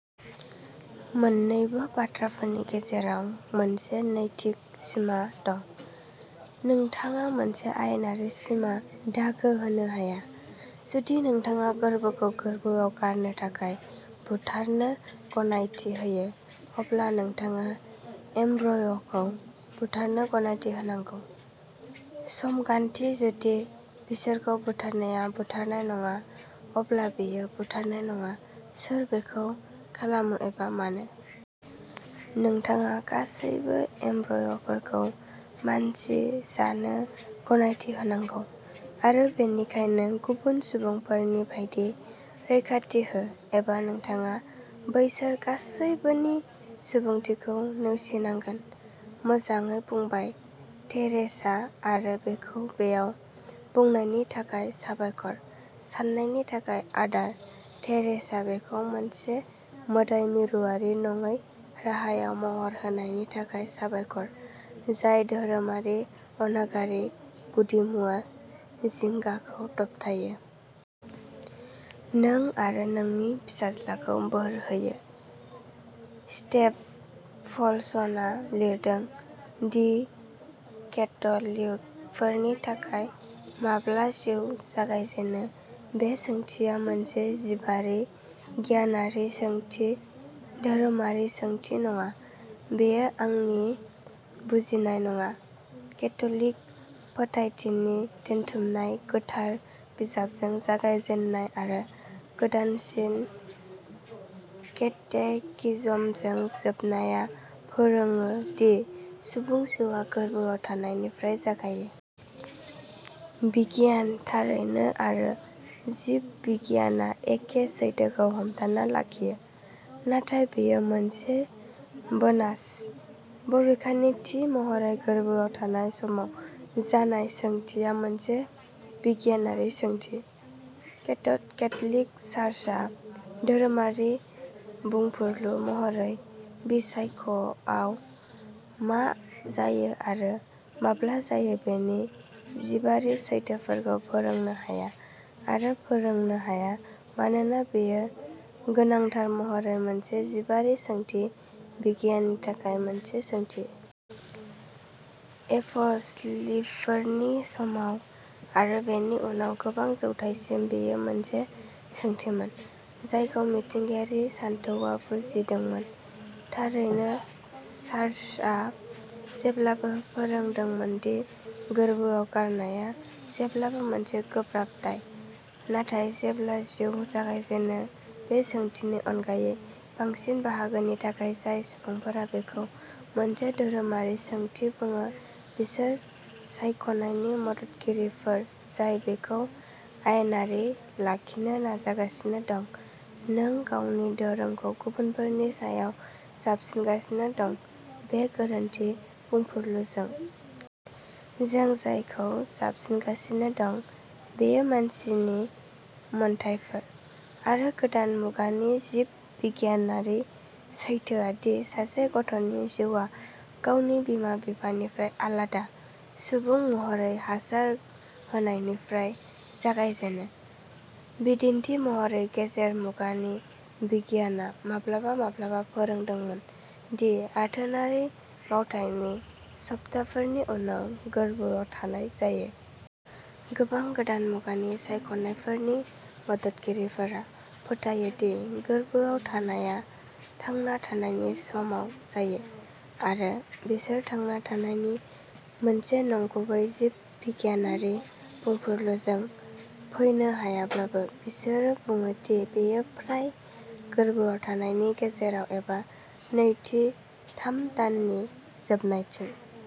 मोन्नैबो बाथ्राफोरनि गेजेराव मोनसे नैतिक सिमा दं, नोंथाङा मोनसे आयेनारि सिमा दागो होनो हाया। जुदि नोंथाङा गोर्बोखौ गोर्बोआव गारनो थाखाय बुथारनो गनायथि होयो, अब्ला नोंथाङा एम्ब्रय'खौ बुथारनो गनायथि होनांगौ, समगान्थि। जुदि बिसोरखौ बुथारनाया बुथारनाय नङा, अब्ला बेयो बुथारनाय नङा, सोर बेखौ खालामो एबा मानो। नोंथाङा गासैबो एम्ब्रय'फोरखौ मानसि जानो गनायथि होनांगौ, आरो बेनिखायनो गुबुन सुबुंफोरनि बायदि रैखाथि हो, एबा नोंथाङा बैसोर गासैबोनि सुबुंथिखौ नेवसिनांगोन। मोजाङै बुंबाय, टेरेसा, आरो बेखौ बेयाव बुंनायनि थाखाय साबायखर! साननायनि थाखाय आदार, टेरेसा; बेखौ मोनसे मोदाय-मिरुआरि नङै राहायाव महर होनायनि थाखाय साबायखर, जाय धोरोमारि अनागारि गुदिमुवा जिंगाखौ दबथायो। नों आरो नोंनि फिसाज्लाखौ बोर होयो। स्टिभ पलसनआ लिरदों दि, केथ'लिकफोरनि थाखाय, माब्ला जिउ जागायजेनो बे सोंथिया मोनसे जिबारि िगियानारि सोंथि, धोरोमारि सोंथि नङा। बेयो आंनि बुजिनाय नङा। केथ'लिक फोथायथिनि दोनथुमनाय, गोथार बिजाबजों जागायजेन्नाय आरो गोदानसिन केटेकिज्मजों जोबनाया, फोरोङो दि सुबुं जिउआ गोर्बोआव थानायनिफ्राय जागायो। बिगियान थारैनो, आरो जिब बिगियानआ एखे सैथोखौ हमथाना लाखियो, नाथाय बेयो मोनसे बोनास। बबेखानि, थि महरै गोर्बोआव थानाय समाव जानाय सोंथिया मोनसे बिगियानारि सोंथि। केथ'लिक चार्चआ धोरोमारि बुंफुरलु महरै फिसाख'आव मा जायो आरो माब्ला जायो बेनि जिबारि सैथोफोरखौ फोरोंनो हाया आरो फोरोंनो हाया, मानोना बेयो गोनांथार महरै मोनसे जिबारि सोंथि, बिगियाननि थाखाय मोनसे सोंथि। एप'स्लिसफोरनि समाव आरो बेनि उनाव गोबां जौथायसिम बेयो मोनसे सोंथिमोन जायखौ मिथिंगायारि सानथौआ बुजिदोंमोन। थारैनो चार्चआ जेब्लाबो फोरोंदोंमोन दि गोर्बोआव गारनाया जेब्लाबो मोनसे गोब्राब दाय, नाथाय जेब्ला जिउ जागायजेनो बे सोंथिनि अनगायै।। बांसिन बाहागोनि थाखाय, जाय सुबुंफोरा बेखौ मोनसे धोरोमारि सोंथि बुङो बिसोर सायख'नायनि मददगिरिफोर जाय बेखौ आयेनारि लाखिनो नाजागासिनो दं "नों गावनि धोरोमखौ गुबुनफोरनि सायाव जाबसिनगासिनो दं" बे गोरोन्थि बुंफुरलुजों। जों जायखौ जाबसिनगासिनो दं बेयो मानसिनि मोनथायफोर। आरो गोदान मुगानि जिब बिगियानारि सैथोआ दि सासे गथ'नि जिउआ गावनि बिमा-बिफानिफ्राय आलादा सुबुं महरै हासार होनायनिफ्राय जागायजेनो। बिदिन्थि महरै, गेजेर मुगानि बिगियानआ माब्लाबा-माब्लाबा फोरोंदोंमोन दि आथोनारि मावथायनि सप्ताफोरनि उनाव गोर्बोआव थानाय जायो। गोबां गोदान मुगानि सायख'नायफोरनि मददगिरिफोरा फोथायो दि गोर्बोआव थानायआ "थांना थानायनि" समाव जायो आरो बिसोर "थांना थानायनि" मोनसे नंगुबै जिब बिगियानारि बुंफुरलुजों फैनो हायाब्लाबो बिसोरो बुङो दि बेयो फ्राय गोर्बोआव थानायनि गेजेराव एबा नैथि थाम दाननि जोबनायथिं।